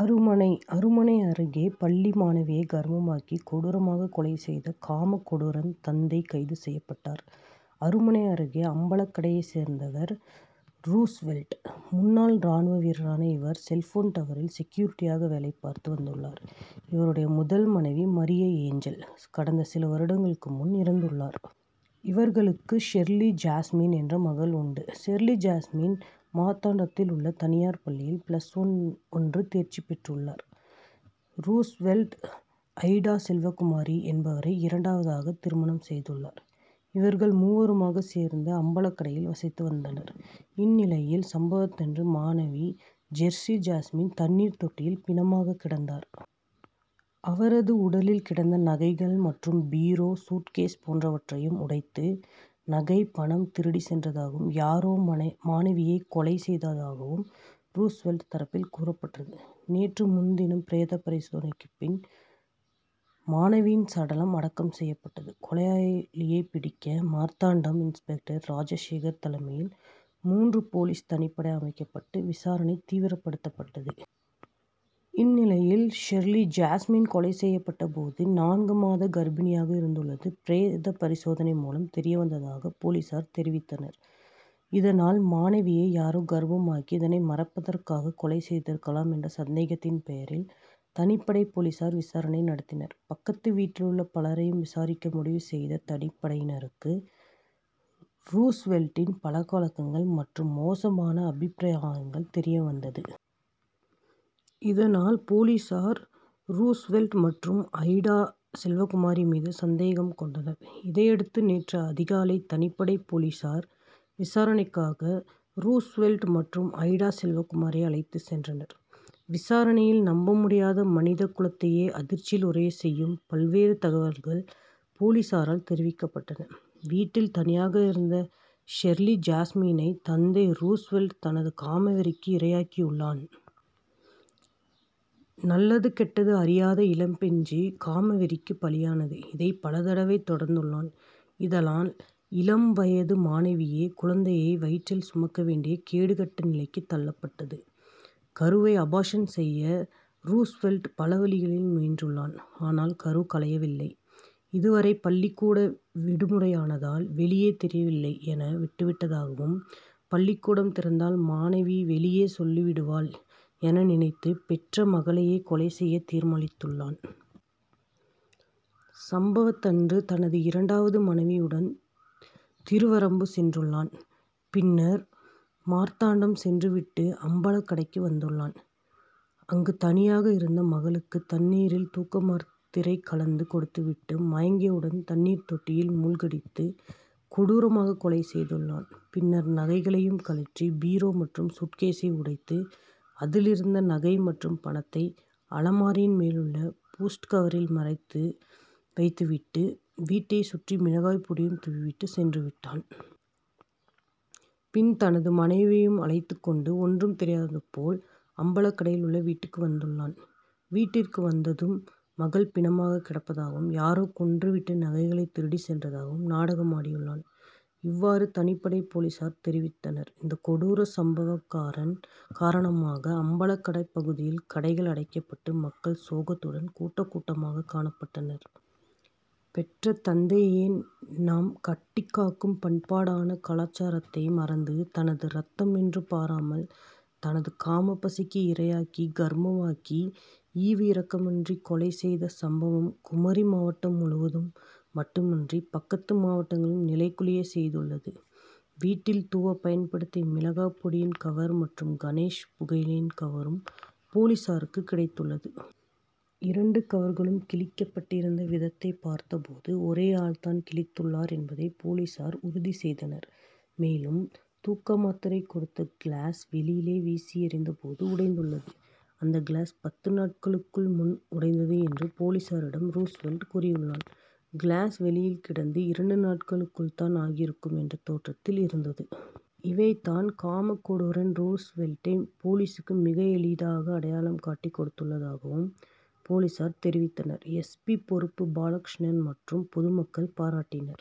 அருமனை அருமனை அருகே பள்ளி மாணவியை கர்ப்பமாக்கி கொடூரமாக கொலை செய்த காமக்கொடூரன் தந்தை கைது செய்யப்பட்டார். அருமனை அருகே அம்பலக்கடையை சேர்ந்தவர் றூஸ்வெல்ட். முன்னாள் ராணுவ வீரரான இவர் செல்போன் டவரில் செக்யூரிட்டியாக வேலைபார்த்து வந்துள்ளார். இவருடைய முதல் மனைவி மரியஏஞ்சல் கடந்த சில வருடங்களுக்கு முன் இறந்துள்ளார். இவர்களுக்கு ஷெர்லிஜாஸ்மின் என்ற மகள் உண்டு. ஷெர்லிஜாஸ்மின் மார்த்தாண்டத்தில் உள்ள தனியார் பள்ளியில் பிளஸ் ஒன்று தேர்ச்சி பெற்றுள்ளார். றூஸ்வெல்ட், ஐடாசெல்வகுமாரி என்பவரை இரண்டாவதாக திருமணம் செய்துள்ளார். இவர்கள் மூவருமாக சேர்ந்து அம்பலக்கடையில் வசித்து வந்தனர். இந்நிலையில் சம்பவத்தன்று மாணவி ஷெர்லிஜாஸ்மின் தண்ணீர் தொட்டியில் பிணமாக கிடந்தார். அவரது உடலில் கிடந்த நகைகள் மற்றும் பீரோ, சூட்கேஸ் போன்றவற்றையும் உடைத்து நகை, பணம் திருடி சென்றதாகவும் யாரோ மாணவியை கொலை செய்ததாகவும் றூஸ்வெல்ட் தரப்பில் கூறப்பட்டது. நேற்று முன்தினம் பிரேத பரிசோதனைக்கு பின் மாணவியின் சடலம் அடக்கம் செய்யப்பட்டது. கொலையாளியை பிடிக்க மார்த்தாண்டம் இன்ஸ்பெக்டர் ராஜசேகர் தலைமையில் மூன்று போலீஸ் தனிப்படை அமைக்கப்பட்டு விசாரணை தீவிரப்படுத்தப்பட்டது. இந்நிலையில் ஷெர்லிஜாஸ்மின் கொலை செய்யப்பட்ட போது நான்கு மாத கர்ப்பிணியாக இருந்துள்ளது பிரேத பரிசோதனை மூலம் தெரியவந்ததாக போலீசார் தெரிவித்தனர். இதனால் மாணவியை யாரோ கர்ப்பமாக்கி, இதனை மறைப்பதற்காக கொலை செய்திருக்கலாம் என்ற சந்தேகத்தின் பெயரில் தனிப்படை போலீசார் விசாரணை நடத்தினர். பக்கத்து வீட்டிலுள்ள பலரையும் விசாரிக்க முடிவு செய்த தனிப்படையினருக்கு றூஸ்வெல்ட்டின் பழக்கவழக்கங்கள் மற்றும் மோசமான அபிப்பிராயங்கள் தெரியவந்தது. இதனால் போலீசார் றூஸ்வெல்ட் மற்றும் ஐடா செல்வகுமாரி மீது சந்தேகம் கொண்டனர். இதனையடுத்து நேற்று அதிகாலை தனிப்படை போலீசார் விசாரணைக்காக றூஸ்வெல்ட் மற்றும் ஐடா செல்வகுமாரியை அழைத்து சென்றனர். விசாரணையில் நம்பமுடியாத மனித குலத்தையே அதிர்ச்சியில் உறைய செய்யும் பல்வேறு தகவல்கள் போலீசாரால் தெரிவிக்கப்பட்டன. வீட்டில் தனியாக இருந்த ஷெர்லிஜாஸ்மினை தந்தை றூஸ்வெல்ட் தனது காமவெறிக்கு இரையாக்கியுள்ளான். நல்லது கெட்டது அறியாத இளம்பிஞ்சு காமவெறிக்கு பலியானது. இதை பலதடவை தொடர்ந்துள்ளான். இதனால் இளம் வயது மாணவியே குழந்தையை வயிற்றில் சுமக்கவேண்டிய கேடுகெட்ட நிலைக்கு தள்ளப்பட்டது. கருவை அபார்ஷன் செய்ய றூஸ்வெல்ட் பலவழிகளில் முயன்றுள்ளான். ஆனால் கரு கலையவில்லை. இதுவரை பள்ளிக்கூட விடுமுறையானதால் வெளியே தெரியவில்லை என விட்டுவிட்டதாகவும், பள்ளிக்கூடம் திறந்தால் மாணவி வெளியே சொல்லிவிடுவாள் என நினைத்து பெற்ற மகளையே கொலை செய்ய தீர்மானித்துள்ளான். சம்பவத்தன்று தனது இரண்டாவது மனைவியுடன் திருவரம்பு சென்றுள்ளான். பின்னர் மார்த்தாண்டம் சென்றுவிட்டு அம்பலக்கடைக்கு வந்துள்ளான். அங்கு தனியாக இருந்த மகளுக்கு தண்ணீரில் தூக்கமாத்திரை கலந்து கொடுத்துவிட்டு மயங்கியவுடன் தண்ணீர் தொட்டியில் மூழ்கடித்து கொடூரமாக கொலை செய்துள்ளான். பின்னர் நகைகளையும் கழற்றி பீரோ மற்றும் சூட்கேசை உடைத்து அதிலிருந்த நகை மற்றும் பணத்தை அலமாரியின் மேலுள்ள பூட்ஸ் கவரில் மறைத்து வைத்துவிட்டு வீட்டை சுற்றி மிளகாய் பொடியும் தூவிவிட்டு சென்றுவிட்டான். பின் தனது மனைவியையும் அழைத்துகொண்டு ஒன்றும் தெரியாதது போல் அம்பலக்கடையில் உள்ள வீட்டுக்கு வந்துள்ளான். வீட்டிற்கு வந்ததும் மகள் பிணமாக கிடப்பதாகவும், யாரோ கொன்றுவிட்டு நகைகளை திருடி சென்றதாகவும் நாடகமாடியுள்ளான். இவ்வாறு தனிப்படை போலீசார் தெரிவித்தனர். இந்த கொடூர சம்பவம் காரணமாக அம்பலக்கடை பகுதியில் கடைகள் அடைக்கப்பட்டு மக்கள் சோகத்துடன் கூட்டம் கூட்டமாக காணப்பட்டனர். பெற்ற தந்தைதையே நாம் கட்டிக் காக்கும் பண்பாடான கலாச்சாரத்தை மறந்து தனது ரத்தம் என்றும் பாராமல் தனது காமப்பசிக்கு இரையாக்கி கர்ப்பமாக்கி ஈவு இரக்கமின்றி கொலை செய்த சம்பவம் குமரி மாவட்டம் முழுவதும் மட்டுமின்றி பக்கத்து மாவட்டங்களையும் நிலைகுலைய செய்துள்ளது. வீட்டில் தூவ பயன்படுத்திய மிளகாய் பொடியின் கவர் மற்றும் கணேஷ் புகையிலையின் கவரும் போலீசாருக்கு கிடைத்துள்ளது. இரண்டு கவர்களும் கிழிக்கப்பட்டிருந்த விதத்தை பார்த்தபோது ஒரே ஆள்தான் கிழித்துள்ளார் என்பதை போலீசார் உறுதி செய்தனர். மேலும் தூக்க மாத்திரை கொடுத்த கிளாஸ் வெளியிலேயே வீசி எறிந்தபோது உடைந்துள்ளது. அந்த கிளாஸ் பத்து நாட்களுக்கு முன் உடைந்தது என்று போலீசாரிடம் றூஸ்வெல்ட் கூறியுள்ளான். கிளாஸ் வெளியில் கிடந்து இரண்டு நாட்களுக்குள் தான் ஆகியிருக்கும் என்ற தோற்றத்தில் இருந்தது. இவைதான் காமக்கொடூரன் றூஸ்வெல்ட்டை போலீசுக்கு மிக எளிதாக அடையாளம் காட்டி கொடுத்துள்ளதாகவும் போலீசார் தெரிவித்தனர். எஸ். பி., பொறுப்பு பாலகிருஷ்ணன் மற்றும் பொதுமக்கள் பாராட்டினர்.